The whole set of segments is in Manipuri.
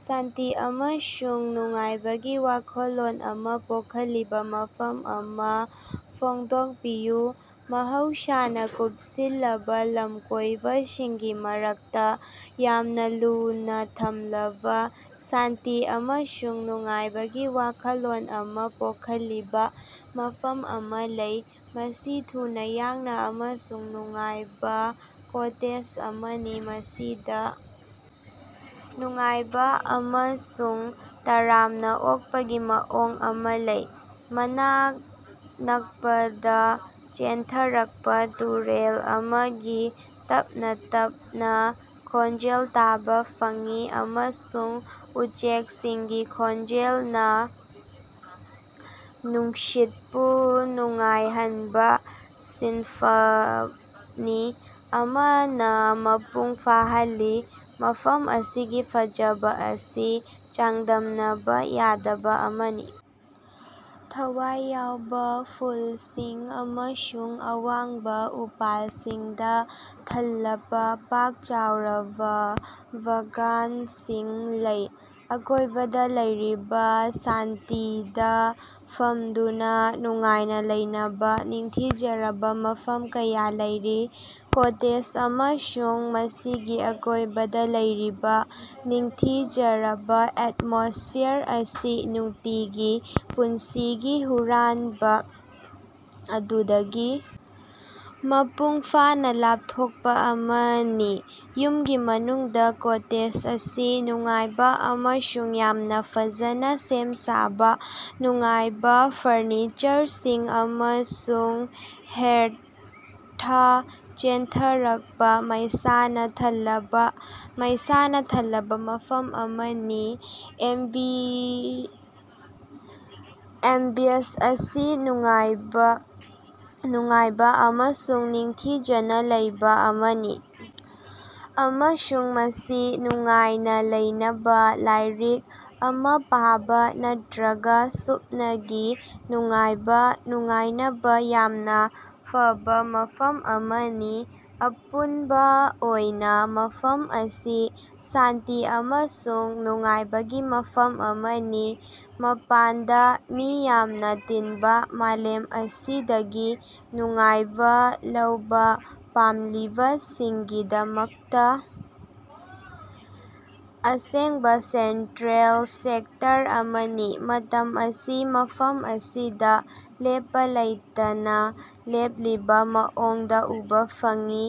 ꯁꯥꯟꯇꯤ ꯑꯃꯁꯨꯡ ꯅꯨꯡꯉꯥꯏꯕꯒꯤ ꯋꯥꯈꯜꯂꯣꯟ ꯑꯃ ꯄꯣꯛꯍꯜꯂꯤꯕ ꯃꯐꯝ ꯑꯃ ꯐꯣꯡꯗꯣꯛꯄꯤꯌꯨ꯫ ꯃꯍꯧꯁꯥꯅ ꯀꯨꯄꯁꯤꯜꯂꯕ ꯂꯝꯀꯣꯏꯕꯁꯤꯡꯒꯤ ꯃꯔꯛꯇ ꯌꯥꯝꯅ ꯂꯨꯅ ꯊꯝꯂꯕ ꯁꯥꯟꯇꯤ ꯑꯃꯁꯨꯡ ꯅꯨꯡꯉꯥꯏꯕꯒꯤ ꯋꯥꯈꯜꯂꯣꯟ ꯑꯃ ꯄꯣꯛꯍꯜꯂꯤꯕ ꯃꯐꯝ ꯑꯃ ꯂꯩ꯫ ꯃꯁꯤ ꯊꯨꯅ ꯌꯥꯡꯅ ꯑꯃꯁꯨꯡ ꯅꯨꯡꯉꯥꯏꯕ ꯀꯣꯇꯦꯖ ꯑꯃꯅꯤ꯫ ꯃꯁꯤꯗ ꯅꯨꯡꯉꯥꯏꯕ ꯑꯃꯁꯨꯡ ꯇꯔꯥꯝꯅ ꯑꯣꯛꯄꯒꯤ ꯃꯑꯣꯡ ꯑꯃ ꯂꯩ꯫ ꯃꯅꯥꯛ ꯅꯛꯄꯗ ꯆꯦꯟꯊꯔꯛꯄ ꯇꯨꯔꯦꯜ ꯑꯃꯒꯤ ꯇꯞꯅ ꯇꯞꯅ ꯈꯣꯟꯖꯦꯜ ꯇꯥꯕ ꯐꯪꯏ꯫ ꯑꯃꯁꯨꯡ ꯎꯆꯦꯛꯁꯤꯡꯒꯤ ꯈꯣꯟꯖꯦꯜꯅ ꯅꯨꯡꯁꯤꯠꯄꯨ ꯅꯨꯡꯉꯥꯏꯍꯟꯕ ꯁꯤꯝꯐꯅꯤ ꯑꯃꯅ ꯃꯄꯨꯡ ꯐꯥꯍꯜꯂꯤ꯫ ꯃꯐꯝ ꯑꯁꯤꯒꯤ ꯐꯖꯕ ꯑꯁꯤ ꯆꯥꯡꯗꯝꯅꯕ ꯌꯥꯗꯕ ꯑꯃꯅꯤ꯫ ꯊꯋꯥꯏ ꯌꯥꯎꯕ ꯐꯨꯜꯁꯤꯡ ꯑꯃꯁꯨꯡ ꯑꯋꯥꯡꯕ ꯎꯄꯥꯜꯁꯤꯡꯅ ꯊꯜꯂꯕ ꯄꯥꯛ ꯆꯥꯎꯔꯕ ꯕꯥꯒꯥꯟꯁꯤꯡ ꯂꯩ꯫ ꯑꯀꯣꯏꯕꯗ ꯂꯩꯔꯤꯕ ꯁꯥꯟꯇꯤꯗ ꯐꯝꯗꯨꯅ ꯅꯨꯡꯉꯥꯏꯅ ꯂꯩꯅꯕ ꯅꯤꯡꯊꯤꯖꯔꯕ ꯃꯐꯝ ꯀꯌꯥ ꯂꯩꯔꯤ꯫ ꯀꯣꯇꯦꯖ ꯑꯃꯁꯨꯡ ꯃꯁꯤꯒꯤ ꯑꯀꯣꯏꯕꯗ ꯂꯩꯔꯤꯕ ꯅꯤꯡꯊꯤꯖꯔꯕ ꯑꯦꯠꯃꯣꯁ꯭ꯐꯤꯌꯥꯔ ꯑꯁꯤ ꯅꯨꯡꯇꯤꯒꯤ ꯄꯨꯟꯁꯤꯒꯤ ꯍꯨꯔꯥꯟꯕ ꯑꯗꯨꯗꯒꯤ ꯃꯄꯨꯡ ꯐꯥꯅ ꯂꯥꯄꯊꯣꯛꯄ ꯑꯃꯅꯤ꯫ ꯌꯨꯝꯒꯤ ꯃꯅꯨꯡꯗ ꯀꯣꯇꯦꯖ ꯑꯁꯤ ꯅꯨꯡꯉꯥꯏꯕ ꯑꯃꯁꯨꯡ ꯌꯥꯝꯅ ꯐꯖꯅ ꯁꯦꯝ ꯁꯥꯕ ꯅꯨꯡꯉꯥꯏꯕ ꯐꯔꯅꯤꯆꯔꯁꯤꯡ ꯑꯃꯁꯨꯡ ꯍꯦꯔꯊꯇꯥ ꯆꯦꯟꯊꯔꯛꯄ ꯃꯩꯁꯥꯅ ꯊꯜꯂꯕ ꯃꯩꯁꯥꯅ ꯊꯜꯂꯕ ꯃꯐꯝ ꯑꯃꯅꯤ꯫ ꯑꯦꯝꯕꯤꯌꯟꯁ ꯑꯁꯤ ꯅꯨꯡꯉꯥꯏꯕ ꯅꯨꯡꯉꯥꯏꯕ ꯑꯃꯁꯨꯡ ꯅꯤꯡꯊꯤꯖꯅ ꯂꯩꯕ ꯑꯃꯅꯤ꯫ ꯑꯃꯁꯨꯡ ꯃꯁꯤ ꯅꯨꯡꯉꯥꯏꯅ ꯂꯩꯅꯕ ꯂꯥꯏꯔꯤꯛ ꯑꯃ ꯄꯥꯕꯥ ꯅꯠꯇ꯭ꯔꯒ ꯁꯨꯞꯅꯒꯤ ꯅꯨꯡꯉꯥꯏꯕ ꯅꯨꯡꯉꯥꯏꯅꯕ ꯌꯥꯝꯅ ꯐꯕ ꯃꯐꯝ ꯑꯃꯅꯤ꯫ ꯑꯄꯨꯟꯕ ꯑꯣꯏꯅ ꯃꯐꯝ ꯑꯁꯤ ꯁꯥꯟꯇꯤ ꯑꯃꯁꯨꯡ ꯅꯨꯡꯉꯥꯏꯕꯒꯤ ꯃꯐꯝ ꯑꯃꯅꯤ꯫ ꯃꯄꯥꯟꯗ ꯃꯤ ꯌꯥꯝꯅ ꯇꯤꯟꯕ ꯃꯥꯂꯦꯝ ꯑꯁꯤꯗꯒꯤ ꯅꯨꯡꯉꯥꯏꯕ ꯂꯧꯕ ꯄꯥꯝꯂꯤꯕꯁꯤꯡꯒꯤꯗꯃꯛꯇ ꯑꯁꯦꯡꯕ ꯁꯦꯟꯇ꯭ꯔꯦꯜ ꯁꯦꯛꯇꯔ ꯑꯃꯅꯤ꯫ ꯃꯇꯝ ꯑꯁꯤ ꯃꯐꯝ ꯑꯁꯤꯗ ꯂꯦꯞꯄ ꯂꯩꯇꯅ ꯂꯦꯞꯂꯤꯕ ꯃꯑꯣꯡꯗ ꯎꯕ ꯐꯪꯏ꯫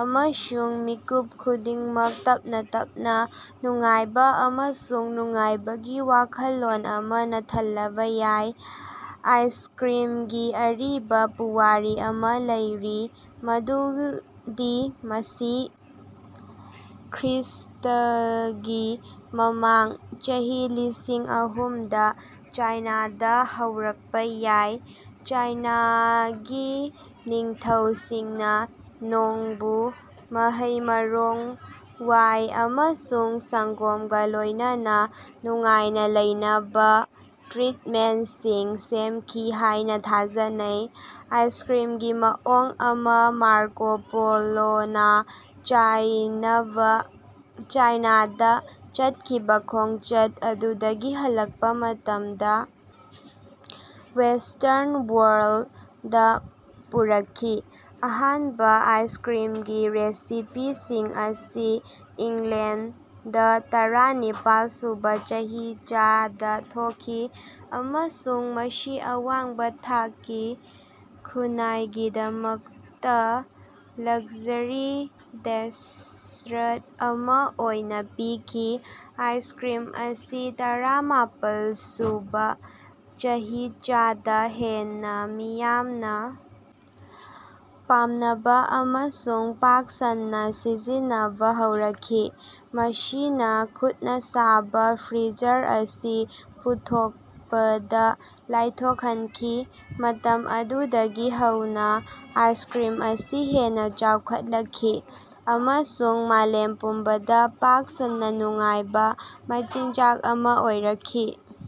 ꯑꯃꯁꯨꯡ ꯃꯤꯀꯨꯞ ꯈꯨꯗꯤꯡꯃꯛ ꯇꯞꯅ ꯇꯞꯅ ꯅꯨꯡꯉꯥꯏꯕ ꯑꯃꯁꯨꯡ ꯅꯨꯡꯉꯥꯏꯕꯒꯤ ꯋꯥꯈꯜꯂꯣꯟ ꯑꯃꯅ ꯊꯜꯂꯕ ꯌꯥꯏ꯫ ꯑꯥꯏꯁꯀ꯭ꯔꯤꯝꯒꯤ ꯑꯔꯤꯕ ꯄꯨꯋꯥꯔꯤ ꯑꯃ ꯂꯩꯔꯤ ꯃꯗꯨꯗꯤ ꯃꯁꯤ ꯈ꯭ꯔ꯭ꯤꯁ꯭ꯇꯒꯤ ꯃꯃꯥꯡ ꯆꯍꯤ ꯂꯤꯁꯤꯡ ꯑꯍꯨꯝꯗ ꯆꯥꯏꯅꯥꯗꯒꯤ ꯍꯧꯔꯛꯄ ꯌꯥꯏ꯫ ꯆꯥꯏꯅꯥꯒꯤ ꯅꯤꯡꯊꯧꯁꯤꯡꯅ ꯅꯣꯡꯕꯨ ꯃꯍꯩ-ꯃꯔꯣꯡ, ꯋꯥꯏ ꯑꯃꯁꯨꯡ ꯁꯪꯒꯣꯝꯒ ꯂꯣꯏꯅꯅ ꯅꯨꯡꯉꯥꯏꯅ ꯂꯩꯅꯕ ꯇ꯭ꯔꯤꯠꯃꯦꯟꯇꯁꯤꯡ ꯁꯦꯝꯈꯤ ꯍꯥꯏꯅ ꯊꯥꯖꯅꯩ꯫ ꯑꯥꯏꯁꯀ꯭ꯔꯤꯃꯒꯤ ꯃꯑꯣꯡ ꯑꯃ ꯃꯥꯔꯀꯣ ꯄꯣꯂꯣꯅꯥ ꯆꯥꯏꯅꯥꯗ ꯆꯠꯈꯤꯕ ꯈꯣꯡꯆꯠ ꯑꯗꯨꯗꯒꯤ ꯍꯜꯂꯛꯄ ꯃꯇꯝꯗ ꯋꯦꯁ꯭ꯇꯔꯟ ꯋꯥꯔꯜꯗ ꯗ ꯄꯨꯔꯛꯈꯤ꯫ ꯑꯍꯥꯟꯕ ꯑꯥꯏꯁꯀ꯭ꯔꯤꯝꯒꯤ ꯔꯦꯁꯤꯄꯤꯁꯤꯡ ꯑꯁꯤ ꯏꯪꯂꯦꯟꯗ ꯗ ꯇꯔꯥ ꯅꯤꯄꯥꯜ ꯁꯨꯕ ꯆꯍꯤꯆꯥꯗ ꯊꯣꯛꯈꯤ ꯫ ꯑꯃꯁꯨꯡ ꯃꯁꯤ ꯑꯋꯥꯡꯕ ꯊꯥꯛꯀꯤ ꯈꯨꯟꯅꯥꯏꯒꯤꯗꯃꯛꯇ ꯂꯛꯖꯔꯤ ꯗꯦꯁꯔꯠ ꯑꯃ ꯑꯣꯏꯅ ꯄꯤꯈꯤ꯫ ꯑꯥꯏꯁꯀ꯭ꯔꯤꯝ ꯑꯁꯤ ꯇꯔꯥꯃꯥꯄꯜ ꯁꯨꯕ ꯆꯍꯤꯆꯥꯗ ꯍꯦꯟꯅ ꯃꯤꯌꯥꯝꯅ ꯄꯥꯝꯅꯕ ꯑꯃꯁꯨꯡ ꯄꯥꯛ ꯁꯟꯅ ꯁꯤꯖꯤꯟꯅꯕ ꯍꯧꯔꯛꯈꯤ꯫ ꯃꯁꯤꯅ ꯈꯨꯠꯅ ꯁꯥꯕ ꯐ꯭ꯔꯤꯖꯔ ꯑꯁꯤ ꯄꯨꯊꯣꯛꯄꯗ ꯂꯥꯏꯊꯣꯛꯍꯟꯈꯤ꯫ ꯃꯇꯝ ꯑꯗꯨꯗꯒꯤ ꯍꯧꯅ ꯑꯥꯏꯁꯀ꯭ꯔꯤꯝ ꯑꯁꯤ ꯍꯦꯟꯅ ꯆꯥꯎꯈꯠꯂꯛꯈꯤ ꯫ꯑꯃꯁꯨꯡ ꯃꯥꯂꯦꯝ ꯄꯨꯝꯕꯗ ꯄꯥꯛ ꯁꯟꯅ ꯅꯨꯡꯉꯥꯏꯕ ꯃꯆꯤꯟꯖꯥꯛ ꯑꯃ ꯑꯣꯏꯔꯛꯈꯤ꯫